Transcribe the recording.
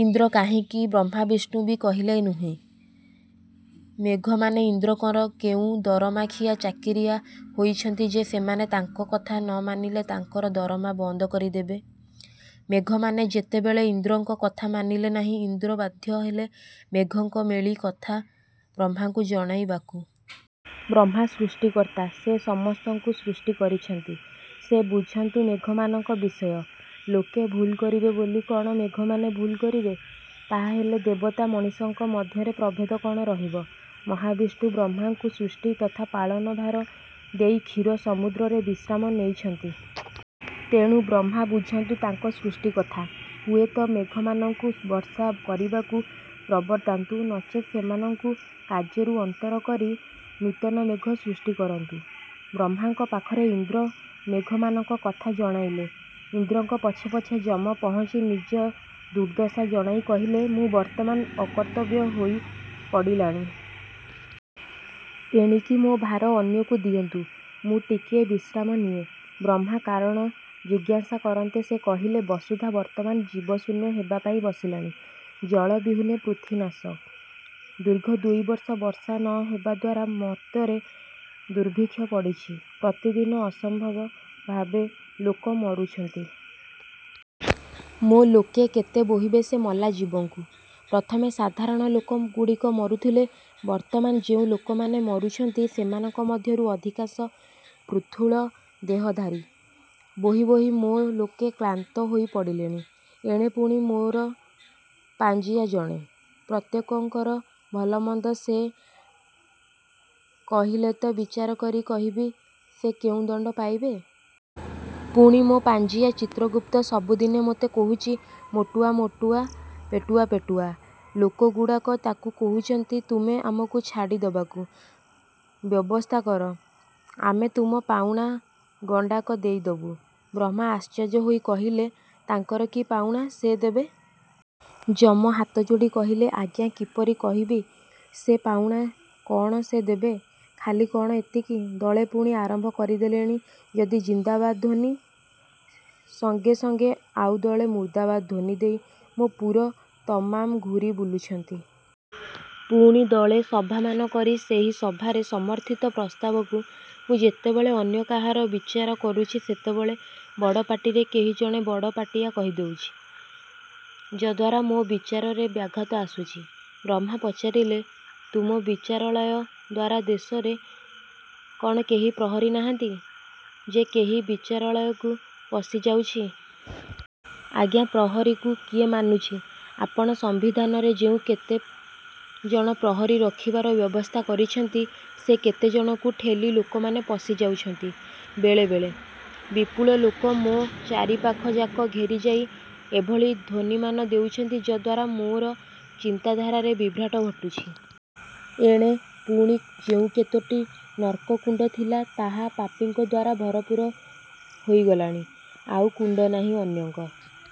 ଇନ୍ଦ୍ର କାହିଁକି ବ୍ରହ୍ମାବିଷ୍ଣୁ ବି କହିଲେ ନୁହେଁ। ମେଘମାନେ ଇନ୍ଦ୍ରଙ୍କର କେଉଁ ଦରମାଖିଆ ଚାକିରିଆ ହୋଇଛନ୍ତି ଯେ, ସେମାନେ ତାଙ୍କ କଥା ନ ମାନିଲେ ତାଙ୍କର ଦରମା ବନ୍ଦକରି ଦେବେ? ମେଘମାନେ ଯେତେବେଳେ ଇନ୍ଦ୍ରଙ୍କ କଥା ମାନିଲେ ନାହିଁ ଇନ୍ଦ୍ର ବାଧ୍ୟ ହେଲେ ମେଘଙ୍କ ମେଳି କଥା ବ୍ରହ୍ମାଙ୍କୁ ଜଣାଇବାକୁ। ବ୍ରହ୍ମା ସୃଷ୍ଟି କର୍ତ୍ତା, ସେ ସମସ୍ତଙ୍କୁ ସୃଷ୍ଟି କରିଛନ୍ତି-ସେ ବୁଝନ୍ତୁ ମେଘମାନଙ୍କ ବିଷୟ। ଲୋକେ ଭୁଲ କରିବେ ବୋଲି କଣ ମେଘମାନେ ଭୁଲ କରିବେ। ତାହାହେଲେ ଦେବତା ମଣିଷଙ୍କ ମଧ୍ୟରେ ପ୍ରଭେଦ କଣ ରହିବ? ମହାବିଷ୍ଣୁ ବ୍ରହ୍ମାଙ୍କୁ ସୃଷ୍ଟି ତଥା ପାଳନଭାର ଦେଇ ଖିର ସମୁଦ୍ରରେ ବିଶ୍ରାମ ନେଇଛନ୍ତି। ତେଣୁ ବ୍ରହ୍ମା ବୁଝନ୍ତୁ ତାଙ୍କ ସୃଷ୍ଟି କଥା। ହୁଏତ ମେଘମାନଙ୍କୁ ବର୍ଷା କରିବାକୁ ପ୍ରବର୍ତ୍ତାନ୍ତୁ ନଚେତ ସେମାନଙ୍କୁ କାର୍ଯ୍ୟରୁ ଅନ୍ତର କରି ନୂତନ ମେଘ ସୃଷ୍ଟି କରନ୍ତୁ। ବ୍ରହ୍ମାଙ୍କ ପାଖରେ ଇନ୍ଦ୍ର ମେଘମାନଙ୍କ କଥା ଜଣାଇଲେ। ଇନ୍ଦ୍ରଙ୍କ ପଛେ ପଛେ ଯମ ପହଞ୍ଚି ନିଜ ଦୁର୍ଦ୍ଦଶା ଜଣାଇ କହିଲେ, ମୁଁ ବର୍ତ୍ତମାନ ଅକର୍ତ୍ତବ୍ୟ ହୋଇ ପଡ଼ିଲାଣି। ଏଣିକି ମୋ ଭାର ଅନ୍ୟକୁ ଦିଅନ୍ତୁ। ମୁଁ ଟିକିଏ ବିଶ୍ରାମ ନିଏ। ବ୍ରହ୍ମା କାରଣ ଜିଜ୍ଞାସା କରନ୍ତେ ସେ କହିଲେ, ବସୁଧା ବର୍ତ୍ତମାନ ଜୀବଶୂନ୍ୟ ହେବାପାଇଁ ବସିଲାଣି। ଜଳ ବିହୁନେ ପୃଥ୍ୱୀ ନାଶ। ଦୀର୍ଘ ଦୁଇବର୍ଷ ବର୍ଷା ନ ହେବାଦ୍ୱାରା ମର୍ତ୍ତ୍ୟରେ ଦୁର୍ଭିକ୍ଷ ପଡ଼ିଛି। ପ୍ରତିଦିନ ଅସମ୍ଭବ ଭାବେ ଲୋକେ ମରୁଛନ୍ତି। ମୋ ଲୋକେ କେତେ ବୋହିବେ ସେ ମଲାଜୀବଙ୍କୁ। ପ୍ରଥମେ ସାଧାରଣ ଲୋକ ଗୁଡ଼ିକ ମରୁଥିଲେ-ବର୍ତ୍ତମାନ ଯେଉଁ ଲୋକମାନେ ମରୁଛନ୍ତି ସେମାନଙ୍କ ମଧ୍ୟରୁ ଅଧିକାଂଶ ପୃଥୁଳ ଦେହଧାରୀ। ବୋହି ବୋହି ମୋ ଲୋକେ କ୍ଳାନ୍ତ ହୋଇ ପଡ଼ିଲେଣି। ଏଣେ ପୁଣି ମୋର ପାଞ୍ଜିଆ ଜଣେ। ପ୍ରତ୍ୟେକଙ୍କର ଭଲ ମନ୍ଦ ସେ କହିଲେତ ବିଚାରକରି କହିବି ସେ କେଉଁ ଦଣ୍ଡ ପାଇବେ। ପୁଣି ମୋ ପାଞ୍ଜିଆ ଚିତ୍ରଗୁପ୍ତ ସବୁଦିନେ ମୋତେ କହୁଛି ମୋଟୁଆ ମୋଟୁଆ ପେଟୁଆ ପେଟୁଆ ଲୋକ ଗୁଡ଼ାକ ତାକୁ କହୁଛନ୍ତି ତୁମେ ଆମକୁ ଛାଡ଼ି ଦେବାକୁ ବ୍ୟବସ୍ଥାକର ଆମେ ତୁମ ପାଉଣା ଗଣ୍ଡାକ ଦେଇ ଦେବୁ। ବ୍ରହ୍ମା ଆଶ୍ଚର୍ଯ୍ୟ ହୋଇ କହିଲେ, ତାଙ୍କର କି ପାଉଣା ସେ ଦେବେ? ଯମ ହାତଜୋଡ଼ି କହିଲେ, ଆଜ୍ଞା ମୁଁ କିପରି କହିବି ସେ ପାଉଣା କଣ ସେ ଦେବେ। ଖାଲି କଣ ଏତିକି-ଦଳେ ପୁଣି ଆରମ୍ଭ କରିଦେଲେଣି ଯଦି ଜିନ୍ଦାବାଦ ଧ୍ୱନୀ, ସଙ୍ଗେ ସଙ୍ଗେ ଆଉ ଦଳେ ମୁର୍ଦ୍ଦାବାଦ ଧ୍ୱନୀ ଦେଇ ମୋ ପୁର ତମାମ ଘୂରି ବୁଲୁଛନ୍ତି। ପୁଣି ଦଳେ ସଭାମାନ କରି ସେହି ସଭାରେ, ସମର୍ଥିତ ପ୍ରସ୍ତାବକୁ, ମୁଁ ଯେତେବେଳେ ଅନ୍ୟ କାହାର ବିଚାର କରୁଛି ସେତେବେଳେ, ବଡ଼ ପାଟିରେ କେହି ଜଣେ ବଡ଼ ପାଟିଆ କହି ଦେଉଛି। ଯଦ୍ୱାରା ମୋ ବିଚାରରେ ବ୍ୟାଘାତ ଆସୁଛି। ବ୍ରହ୍ମା ପଚାରିଲେ, ତୁମ ବିଚାରାଳୟ ଦ୍ୱାର ଦେଶରେ କଣ କେହି ପ୍ରହରୀ ନାହାନ୍ତି, ଯେ କେହି ବିଚାରାଳୟକୁ ପଶି ଯାଉଛି? ଆଜ୍ଞା; ପ୍ରହରୀକୁ କିଏ ମାନୁଛି? ଆପଣ ସମ୍ୱିଧାନରେ ଯେଉଁ କେତେ ଜଣ ପ୍ରହରୀ ରଖିବାର ବ୍ୟବସ୍ଥା କରିଛନ୍ତି ସେ କେତେଜଣଙ୍କୁ ଠେଲି ଲୋକମାନେ ପଶିଯାଉଛନ୍ତି। ବେଳେ ବେଳେ। ବିପୁଳ ଲୋକ ମୋ ଚାରିପାଖ ଜାକ ଘେରିଯାଇ ଏଭଳି ଧ୍ୱନୀମାନ ଦେଉଛନ୍ତି ଯଦ୍ୱାରା ମୋର ଚିନ୍ତାଧାରାରେ ବିଭ୍ରାଟ ଘଟୁଛି। ଏଣେ ପୁଣି ଯେଉଁ କେତୋଟି ନର୍କକୁଣ୍ଡ ଥିଲା ତାହା ପାପୀଙ୍କ ଦ୍ୱାରା ଭରପୁର ହୋଇଗଲାଣି। ଆଉ କୁଣ୍ଡ ନାହିଁ ଅନ୍ୟଙ୍କ